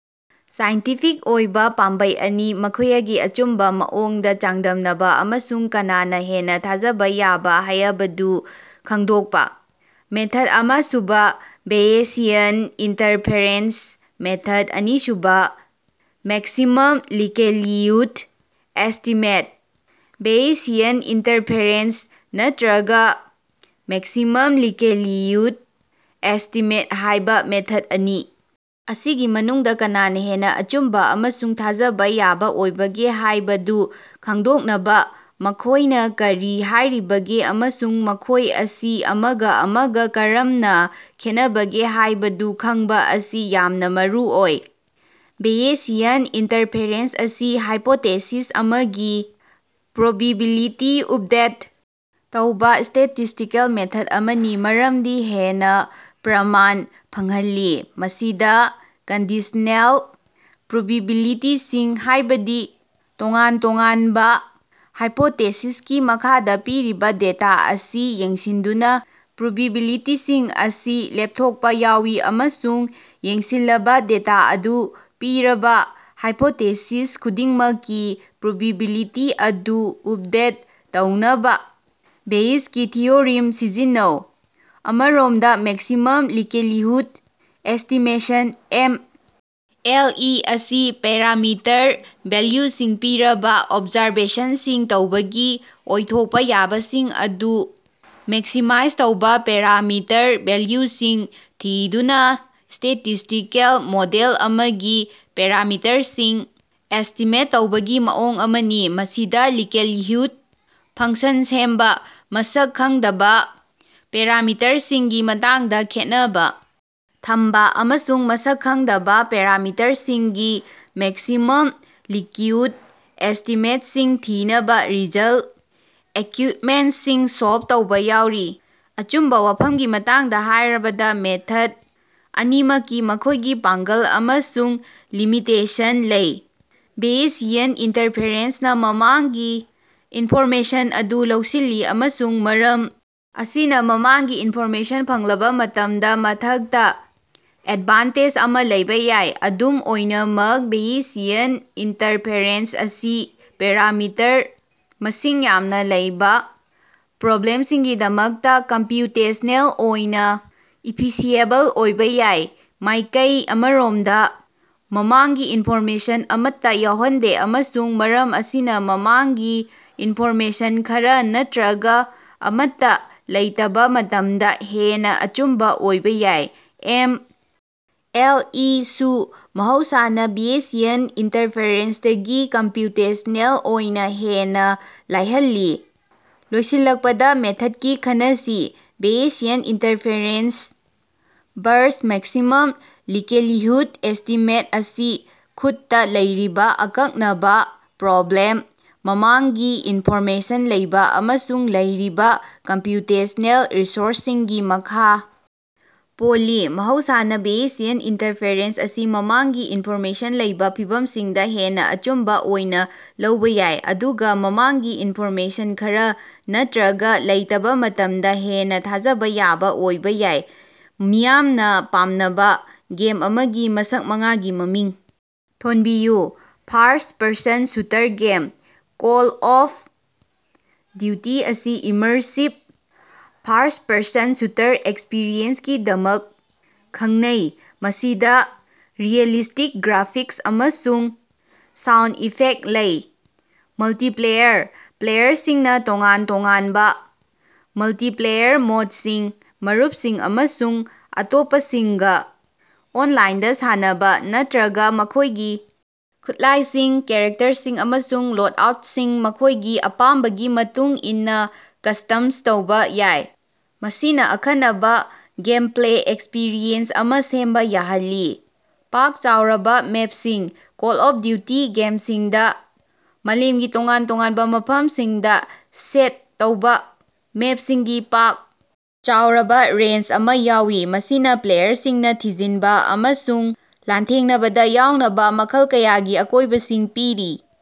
Scientific ꯑꯣꯏꯕꯥ ꯄꯥꯝꯕꯩ ꯑꯅꯤ ꯃꯈꯣꯌꯒꯤ ꯑꯆꯨꯝꯕꯥ ꯃꯑꯣꯡꯗꯥ ꯆꯥꯡꯗꯝꯅꯕꯥ ꯑꯃꯁꯨꯡ ꯀꯅꯥꯅꯥ ꯍꯦꯟꯅꯥ ꯊꯥꯖꯕꯥ ꯌꯥꯕꯥ ꯍꯥꯌꯕꯗꯨ ꯈꯡꯗꯣꯀꯄꯥ꯫ ꯃꯦꯊꯗ ꯑꯃꯥꯁꯨꯕ ꯕꯦꯌꯦꯁꯤꯌꯟ ꯏꯟꯇꯔꯐꯦꯔꯦꯟꯁ ꯃꯦꯊꯗ ꯑꯅꯤꯁꯨꯕ maximum likelihood estimate. Bayesian inference ꯅꯠꯇ꯭ꯔꯒꯥ ꯃꯦꯛꯁꯤꯃꯝ ꯂꯤꯀꯦꯂꯤꯍꯨꯗ ꯑꯦꯁ꯭ꯇꯤꯃꯦꯠ ꯍꯥꯢꯕꯥ ꯃꯦꯊꯗ ꯑꯅꯤ ꯑꯁꯤꯒꯤ ꯃꯅꯨꯡꯗꯥ ꯀꯅꯥꯅꯥ ꯍꯦꯟꯅꯥ ꯑꯆꯨꯝꯕꯥ ꯑꯃꯁꯨꯡ ꯊꯥꯖꯕꯥ ꯌꯥꯕꯥ ꯑꯣꯏꯕꯒꯦ ꯍꯥꯢꯕꯗꯨ ꯈꯪꯗꯣꯛꯅꯕꯥ ꯃꯈꯣꯢꯅꯥ ꯀꯔꯤ ꯍꯥꯢꯔꯤꯕꯒꯦ ꯑꯃꯁꯨꯡ ꯃꯈꯣꯢ ꯑꯁꯤ ꯑꯃꯒꯥ ꯑꯃꯒꯥ ꯀꯔꯝꯅꯥ ꯈꯦꯠꯅꯕꯒꯦ ꯍꯥꯢꯕꯗꯨ ꯈꯪꯕꯥ ꯑꯁꯤ ꯌꯥꯝꯅꯥ ꯃꯔꯨꯑꯣꯏ꯫ ꯕꯦꯌꯦꯁꯤꯌꯟ ꯏꯟꯇꯔꯐꯦꯔꯦꯟꯁ ꯑꯁꯤ ꯍꯥꯏꯄꯣꯇꯦꯁꯤꯁ ꯑꯃꯒꯤ ꯄ꯭ꯔꯣꯕꯤꯕꯤꯂꯤꯇꯤ ꯎꯞꯗꯦꯠ ꯇꯧꯕꯥ ꯁ꯭ꯇꯦꯇꯤꯁ꯭ꯇꯤꯀꯦꯜ ꯃꯦꯊꯗ ꯑꯃꯅꯤ, ꯃꯔꯝꯗꯤ ꯍꯦꯟꯅꯥ ꯄ꯭ꯔꯃꯥꯟ ꯐꯪꯍꯜꯂꯤ꯫ ꯃꯁꯤꯗꯥ ꯀꯟꯗꯤꯁꯅꯦꯜ ꯄ꯭ꯔꯣꯕꯤꯕꯤꯂꯤꯇꯤꯁꯤꯡ, ꯍꯥꯢꯕꯗꯤ ꯇꯣꯉꯥꯟ ꯇꯣꯉꯥꯟꯕꯥ ꯍꯥꯏꯄꯣꯇꯦꯁꯤꯁꯀꯤ ꯃꯈꯥꯗꯥ ꯄꯤꯔꯤꯕꯥ ꯗꯦꯇꯥ ꯑꯁꯤ ꯌꯦꯡꯁꯤꯟꯗꯨꯅ ꯄ꯭ꯔꯣꯕꯤꯕꯤꯂꯤꯇꯤꯁꯤꯡ ꯑꯁꯤ ꯂꯦꯞꯊꯣꯛꯄꯥ ꯌꯥꯎꯏ ꯑꯃꯁꯨꯡ ꯌꯦꯡꯁꯤꯟꯂꯕ ꯗꯦꯇꯥ ꯑꯗꯨ ꯄꯤꯔꯕꯥ ꯍꯥꯏꯄꯣꯇꯦꯁꯤꯁ ꯈꯨꯗꯤꯡꯃꯛꯀꯤ ꯄ꯭ꯔꯣꯕꯤꯕꯤꯂꯤꯇꯤ ꯑꯗꯨ ꯎꯞꯗꯦꯠ ꯇꯧꯅꯕꯥ ꯕꯦꯌꯦꯁꯀꯤ ꯊꯤꯑꯣꯔꯤꯝ ꯁꯤꯖꯤꯟꯅꯩ꯫ ꯑꯃꯔꯣꯝꯗꯥ, maximum likelihood estimation (M. L. E.) ꯑꯁꯤ ꯄꯦꯔꯥꯃꯤꯇꯔ ꯚꯦꯜꯌꯨꯁꯤꯡ ꯄꯤꯔꯕꯥ ꯑꯣꯕꯖꯥꯔꯕꯦꯁꯅꯁꯤꯡ ꯇꯧꯕꯒꯤ ꯑꯣꯏꯊꯣꯀꯄꯥ ꯌꯥꯕꯁꯤꯡ ꯑꯗꯨ ꯃꯦꯛꯁꯤꯃꯥꯏꯖ ꯇꯧꯕꯥ ꯄꯦꯔꯥꯃꯤꯇꯔ ꯚꯦꯂ꯭ꯌꯨꯁꯤꯡ ꯊꯤꯗꯨꯅꯥ ꯁ꯭ꯇꯦꯇꯤꯁ꯭ꯇꯤꯀꯦꯜ ꯃꯣꯗꯦꯜ ꯑꯃꯒꯤ ꯄꯦꯔꯥꯃꯤꯇꯔꯁꯤꯡ ꯑꯦꯁ꯭ꯇꯤꯃꯦꯠ ꯇꯧꯕꯒꯤ ꯃꯑꯣꯡ ꯑꯃꯅꯤ꯫ ꯃꯁꯤꯗꯥ ꯂꯤꯀꯦꯂꯤꯍꯨꯗ ꯐꯪꯁꯟ ꯁꯦꯝꯕꯥ, ꯃꯁꯛ ꯈꯪꯗꯕꯥ ꯄꯦꯔꯥꯃꯤꯇꯔꯁꯤꯡꯒꯤ ꯃꯇꯥꯡꯗꯥ ꯈꯦꯠꯅꯕꯥ ꯊꯝꯕꯥ, ꯑꯃꯁꯨꯡ ꯃꯁꯛ ꯈꯪꯗꯕꯥ ꯄꯦꯔꯥꯃꯤꯇꯔꯁꯤꯡꯒꯤ ꯃꯦꯛꯁꯤꯃꯝ ꯂꯤꯀ꯭ꯌꯨꯠꯗ ꯑꯦꯁ꯭ꯇꯤꯃꯦꯠꯁꯤꯡ ꯊꯤꯅꯕꯥ ꯔꯤꯖꯜꯇ ꯑꯦꯀ꯭ꯌꯨꯏꯗꯃꯦꯟꯇꯁꯤꯡ ꯁꯣꯜꯕ ꯇꯧꯕꯥ ꯌꯥꯎꯔꯤ꯫ ꯑꯆꯨꯝꯕꯥ ꯋꯥꯐꯝꯒꯤ ꯃꯇꯥꯡꯗꯥ ꯍꯥꯢꯔꯕꯗꯥ, ꯃꯦꯊꯗ ꯑꯅꯤꯃꯛꯀꯤ ꯃꯈꯣꯢꯒꯤ ꯄꯥꯡꯒꯜ ꯑꯃꯁꯨꯡ ꯂꯤꯃꯤꯇꯦꯁꯟ ꯂꯩ꯫ ꯕꯦꯌꯦꯁꯤꯌꯟ ꯏꯟꯇꯔꯐꯦꯔꯦꯟꯁꯅꯥ ꯃꯃꯥꯡꯒꯤ ꯏꯟꯐꯣꯔꯃꯦꯁꯟ ꯑꯗꯨ ꯂꯧꯁꯤꯜꯂꯤ, ꯑꯃꯁꯨꯡ ꯃꯔꯝ ꯑꯁꯤꯅꯥ ꯃꯃꯥꯡꯒꯤ ꯏꯟꯐꯣꯔꯃꯦꯁꯟ ꯐꯪꯂꯕꯥ ꯃꯇꯝꯗꯥ ꯃꯊꯛꯇꯥ ꯑꯦꯗꯚꯥꯟꯇꯦꯖ ꯑꯃꯥ ꯂꯩꯕꯥ ꯌꯥꯏ꯫ ꯑꯗꯨꯝ ꯑꯣꯏꯅꯃꯛ ꯕꯦꯌꯦꯁꯤꯌꯟ ꯏꯟꯇꯔꯐꯦꯔꯦꯟꯁ ꯑꯁꯤ ꯄꯦꯔꯥꯃꯤꯇꯔ ꯃꯁꯤꯡ ꯌꯥꯝꯅꯥ ꯂꯩꯕꯥ ꯄ꯭ꯔꯣꯕ꯭ꯂꯦꯝꯁꯤꯡꯒꯤꯗꯃꯛꯇꯥ ꯀꯝꯄ꯭ꯌꯨꯇꯦꯁꯅꯦꯜ ꯑꯣꯏꯅꯥ ꯏꯐꯤꯁꯤꯑꯦꯕꯜ ꯑꯣꯏꯕꯥ ꯌꯥꯏ꯫ ꯃꯥꯢꯀꯩ ꯑꯃꯔꯣꯃꯗꯥ, ꯃꯃꯥꯡꯒꯤ ꯏꯟꯐꯣꯔꯃꯦꯁꯟ ꯑꯃꯠꯇꯥ ꯌꯥꯎꯍꯟꯗꯦ ꯑꯃꯁꯨꯡ ꯃꯔꯝ ꯑꯁꯤꯅꯥ ꯃꯃꯥꯡꯒꯤ ꯏꯟꯐꯣꯔꯃꯦꯁꯟ ꯈꯔꯥ ꯅꯠꯇ꯭ꯔꯒꯥ ꯑꯃꯠꯇꯥ ꯂꯩꯇꯕꯥ ꯃꯇꯝꯗꯥ ꯍꯦꯟꯅꯥ ꯑꯆꯨꯝꯕꯥ ꯑꯣꯏꯕꯥ ꯌꯥꯏ꯫ ꯑꯦꯝ. ꯑꯦꯜ. ꯏ. ꯁꯨ ꯃꯍꯧꯁꯥꯅꯥ ꯕꯦꯌꯦꯁꯤꯌꯟ ꯏꯟꯇꯔꯐꯦꯔꯦꯟꯁꯇꯒꯤ ꯀꯝꯄ꯭ꯌꯨꯇꯦꯁ꯭ꯅꯦꯜ ꯑꯣꯏꯅꯥ ꯍꯦꯟꯅꯥ ꯂꯥꯏꯍꯜꯂꯤ ꯫ ꯂꯣꯏꯁꯤꯜꯂꯛꯄꯗꯥ ꯃꯦꯊꯗꯀꯤ ꯈꯟꯅꯁꯤ, Bayesian inference versus maximum likelihood estimate ꯑꯁꯤ ꯈꯨꯠꯇꯥ ꯂꯩꯔꯤꯕꯥ ꯑꯀꯛꯅꯕꯥ ꯄ꯭ꯔꯣꯕ꯭ꯂꯦꯝ, ꯃꯃꯥꯡꯒꯤ ꯏꯟꯐꯣꯔꯃꯦꯁꯟ ꯂꯩꯕꯥ ꯑꯃꯁꯨꯡ ꯂꯩꯔꯤꯕꯥ ꯀꯝꯄ꯭ꯌꯨꯇꯦꯁ꯭ꯅꯦꯜ ꯔꯤꯁꯣꯔꯁꯁꯤꯡꯒꯤ ꯃꯈꯥ ꯄꯣꯜꯂꯤ꯫ ꯃꯍꯧꯁꯥꯅꯥ, ꯕꯦꯌꯦꯁꯤꯌꯟ ꯏꯟꯇꯔꯐꯦꯔꯦꯟꯁ ꯑꯁꯤ ꯃꯃꯥꯡꯒꯤ ꯏꯟꯐꯣꯔꯃꯦꯁꯟ ꯂꯩꯕꯥ ꯐꯤꯚꯝꯁꯤꯡꯗꯥ ꯍꯦꯟꯅꯥ ꯑꯆꯨꯝꯕꯥ ꯑꯣꯏꯅꯥ ꯂꯧꯕꯥ ꯌꯥꯏ, ꯑꯗꯨꯒꯥ ꯃꯃꯥꯡꯒꯤ ꯏꯟꯐꯣꯔꯃꯦꯁꯟ ꯈꯔꯥ ꯅꯠꯇ꯭ꯔꯒꯥ ꯂꯩꯇꯕꯥ ꯃꯇꯝꯗꯥ ꯍꯦꯟꯅꯥ ꯊꯥꯖꯕꯥ ꯌꯥꯕꯥ ꯑꯣꯏꯕꯥ ꯌꯥꯏ꯫ ꯃꯤꯌꯥꯝꯅꯥ ꯄꯥꯝꯅꯕꯥ ꯒꯦꯝ ꯑꯃꯒꯤ ꯃꯁꯛ ꯃꯉꯥꯒꯤ ꯃꯃꯤꯡ ꯊꯣꯟꯕꯤꯌꯨ꯫ First person shooter game: Call of Duty ꯑꯁꯤ ꯏꯃꯔꯁꯤꯕ, ꯐꯥꯔꯁ꯭ꯠ-ꯄꯔꯁꯟ ꯁꯨꯇꯔ ꯑꯦꯛꯁꯄꯤꯔꯤꯑꯦꯟꯁꯀꯤꯗꯃꯛ ꯈꯪꯅꯩ, ꯃꯁꯤꯗꯥ ꯔꯤꯑꯦꯂꯤꯁ꯭ꯇꯤꯛ ꯒ꯭ꯔꯥꯐꯤꯛꯁ ꯑꯃꯁꯨꯡ ꯁꯥꯎꯟꯗ ꯏꯐꯦꯛꯇ ꯂꯩ꯫ ꯃꯜꯇꯤꯄ꯭ꯂꯦꯌꯔ: ꯄ꯭ꯂꯦꯌꯔꯁꯤꯡꯅꯥ ꯇꯣꯉꯥꯟ ꯇꯣꯉꯥꯟꯕꯥ ꯃꯜꯇꯤꯄ꯭ꯂꯦꯌꯔ ꯃꯣꯗꯁꯤꯡ, ꯃꯔꯨꯞꯁꯤꯡ ꯑꯃꯁꯨꯡ ꯑꯇꯣꯞꯄꯁꯤꯡꯒꯥ ꯑꯣꯟꯂꯥꯏꯟꯗꯥ ꯁꯥꯟꯅꯕꯥ ꯅꯠꯇ꯭ꯔꯒꯥ ꯃꯈꯣꯢꯒꯤ ꯈꯨꯠꯂꯥꯏꯁꯤꯡ, ꯀꯦꯔꯦꯛꯇꯔꯁꯤꯡ ꯑꯃꯁꯨꯡ ꯂꯣꯗꯑꯥꯎꯇꯁꯤꯡ ꯃꯈꯣꯢꯒꯤ ꯑꯄꯥꯝꯕꯒꯤ ꯃꯇꯨꯡ ꯏꯟꯅꯥ ꯀꯁ꯭ꯇꯝꯁ ꯇꯧꯕꯥ ꯌꯥꯏ, ꯃꯁꯤꯅꯥ ꯑꯈꯟꯅꯕꯥ ꯒꯦꯝꯄ꯭ꯂꯦ ꯑꯦꯛꯁꯄꯤꯔꯤꯑꯦꯟꯁ ꯑꯃꯥ ꯁꯦꯝꯕꯥ ꯌꯥꯍꯜꯂꯤ꯫ ꯄꯥꯛ ꯆꯥꯎꯔꯕꯥ ꯃꯦꯞꯁꯤꯡ: ꯀꯣꯜ ꯑꯣꯐ ꯗ꯭ꯌꯨꯇꯤ ꯒꯦꯝꯁꯤꯡꯗꯥ ꯃꯥꯂꯦꯝꯒꯤ ꯇꯣꯉꯥꯟ ꯇꯣꯉꯥꯟꯕꯥ ꯃꯐꯝꯁꯤꯡꯗꯥ ꯁꯦꯠ ꯇꯧꯕꯥ ꯃꯦꯞꯁꯤꯡꯒꯤ ꯄꯥꯛ ꯆꯥꯎꯔꯕꯥ ꯔꯦꯟꯖ ꯑꯃꯥ ꯌꯥꯎꯏ, ꯃꯁꯤꯅꯥ ꯄ꯭ꯂꯦꯌꯔꯁꯤꯡꯅꯥ ꯊꯤꯖꯤꯟꯕꯥ ꯑꯃꯁꯨꯡ ꯂꯥꯟꯊꯦꯡꯅꯕꯗꯥ ꯌꯥꯎꯅꯕꯥ ꯃꯈꯜ ꯀꯌꯥꯒꯤ ꯑꯀꯣꯢꯕꯁꯤꯡ ꯄꯤꯔꯤ꯫